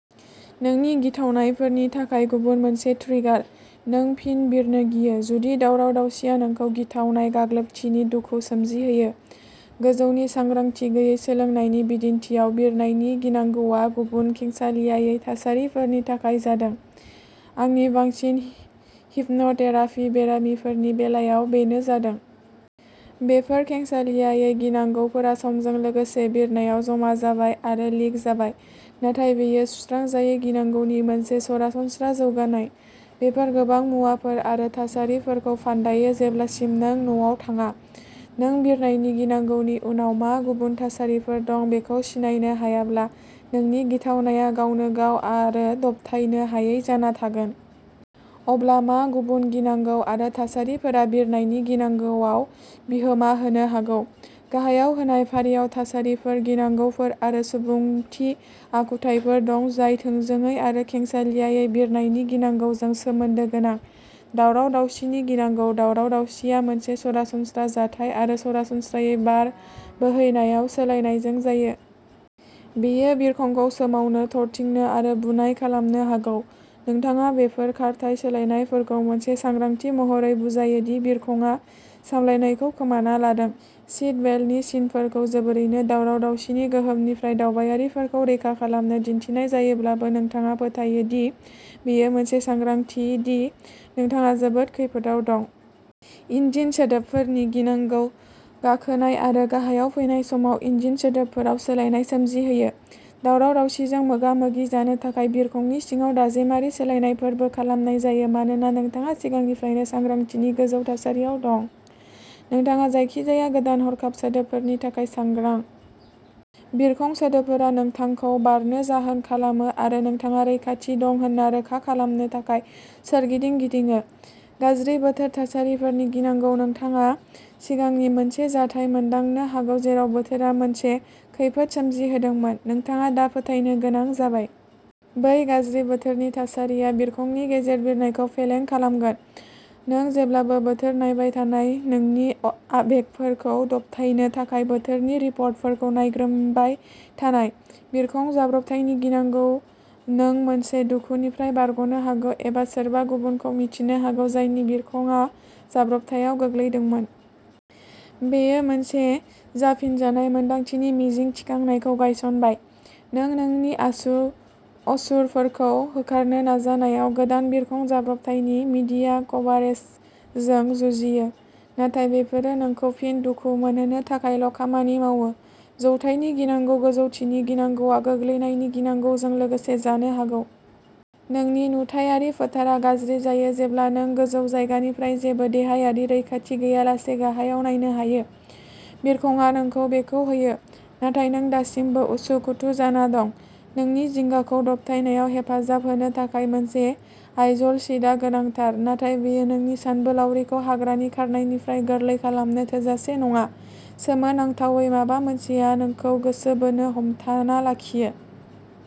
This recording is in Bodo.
नोंनि गिथावनायफोरनि थाखाय गुबुन मोनसे ट्रिगार। नों फिन बिरनो गियो, जुदि दावराव-दावसिया नोंखौ गिथावनाय गाग्लोबथिनि दुखु सोमजिहोयो। गोजौनि सांग्रांथि गैयै सोलोंनायनि बिदिन्थिआव, बिरनायनि गिनांगौआ गुबुन खेंसालियायै थासारिफोरनि थाखाय जादों। आंनि बांसिन हिप्नथेरापि बेरामिफोरनि बेलायाव बेनो जादों। बेफोर खेंसालियायै गिनांगौफोरा समजों लोगोसे बिरनायाव जमा जाबाय आरो लिक जाबाय। नाथाय बेयो सुस्रांजायै गिनांगौनि मोनसे सरासनस्रा जौगानाय बेफोर गोबां मुवाफोर आरो थासारिफोरखौ फान्दायो जेब्लासिम नों न'आव थाङा। नों बिरनायनि गिनांगौनि उनाव मा गुबुन थासारिफोर दं बेखौ सिनायनो हायाब्ला, नोंनि गिथावनाया गावनो गाव आरो दबथायनो हायै जाना थागोन। अब्ला मा गुबुन गिनांगौ आरो थासारिफोरा बिरनायनि गिनांगौआव बिहोमा होनो हागौ? गाहायाव होनाय फारियाव थासारिफोर, गिनांगौफोर आरो सुबुंथि आखुथायफोर दं जाय थोंजोङै आरो खेंसालियायै बिरनायनि गिनांगौजों सोमोन्दो गोनां। दावराव-दावसिनि गिनांगौ दावराव-दावसिआ मोनसे सरासनस्रा जाथाय आरो सरासनस्रायै बार बोहैनायाव सोलायनायजों जायो। बेयो बिरखंखौ सोमावनो, थरथिंनो आरो बुनाय खालामनो हागौ। नोंथाङा बेफोर खारथाइ सोलायनायफोरखौ मोनसे सांग्रांथि महरै बुजायो दि बिरखंआ सामलायनायखौ खोमाना लादों। सीट बेल्टनि सिनफोरखौ जोबोरैनो दावराव-दावसिनि गोहोमनिफ्राय दावबायारिफोरखौ रैखा खालामनो दिन्थिनाय जायोब्लाबो, नोंथाङा फोथायो दि बेयो मोनसे सांग्रांथि दि नोंथाङा जोबोद खैफोदाव दं। इन्जिन सोदोबफोरनि गिनांगौ गाखोनाय आरो गाहायाव फैनाय समाव इन्जिन सोदोबफोराव सोलायनाय सोमजिहोयो। दावराव-दावसिजों मोगा-मोगि जानो थाखाय बिरखंनि सिङाव दाजेमारि सोलायनायफोरबो खालामनाय जायो। मानोना नोंथाङा सिगांनिफ्रायनो सांग्रांथिनि गोजौ थासारियाव दं, नोंथाङा जायखिजाया गोदान हरखाब सोदोबफोरनि थाखाय सांग्रां। बिरखं सोदोबफोरा नोंथांखौ बारनो जाहोन खालामो आरो नोंथाङा रैखाथि दं होन्ना रोखा खालामनो थाखाय सोरगिदिं गिदिङो। गाज्रि बोथोर थासारिफोरनि गिनांगौ नोंथाङा सिगांनि मोनसे जाथाय मोनदांनो हागौ जेराव बोथोरा मोनसे खैफोद सोमजिहोदोंमोन। नोंथाङा दा फोथायनो गोनां जाबाय। बै गाज्रि बोथोरनि थासारिया बिरखंनि गेजेर बिरनायखौ फेलें खालामगोन। नों जेब्लाबो बोथोर नायबाय थानाय नोंनि आबेगफोरखौ दबथायनो थाखाय बोथोरनि रिपर्टफोरखौ नायग्रोमबाय थानाय। बिरखं जाब्रबथायनि गिनांगौ नों मोनसे दुखुनिफ्राय बारग'नो हागौ एबा सोरबा गुबुनखौ मिन्थिनो हागौ जायनि बिरखंआ जाब्रबथायाव गोग्लैदोंमोन। बेयो मोनसे जाफिनजानाय मोन्दांथिनि मिजिं थिखांनायखौ गायसनबाय। नों नोंनि असुरफोरखौ होखारनो नाजानायाव गोदान बिरखं जाब्रबथायनि मीडिया कभारेजजों जुजियो, नाथाय बेफोरो नोंखौ फिन दुखु मोनहोनो थाखायल' खामानि मावो। जौथायनि गिनांगौ गोजौथिनि गिनांगौआ गोग्लैनायनि गिनांगौजों लोगोसे जानो हागौ। नोंनि नुथायारि फोथारआ गाज्रि जायो जेब्ला नों गोजौ जायगानिफ्राय जेबो देहायारि रैखाथि गैयालासे गाहायाव नायनो हायो। बिरखंआ नोंखौ बेखौ होयो, नाथाय नों दासिमबो उसुखुथु जाना दं। नोंनि जिंगाखौ दबथायनायाव हेफाजाब होनो थाखाय मोनसे आइजल सिटआ गोनांथार, नाथाय बेयो नोंनि सानबोलावरिखौ हाग्रानि खारनायनिफ्राय गोरलै खालामनो थोजासे नङा। सोमोनांथावै, माबा मोनसेया नोंखौ गोसो बोनो हमथाना लाखियो।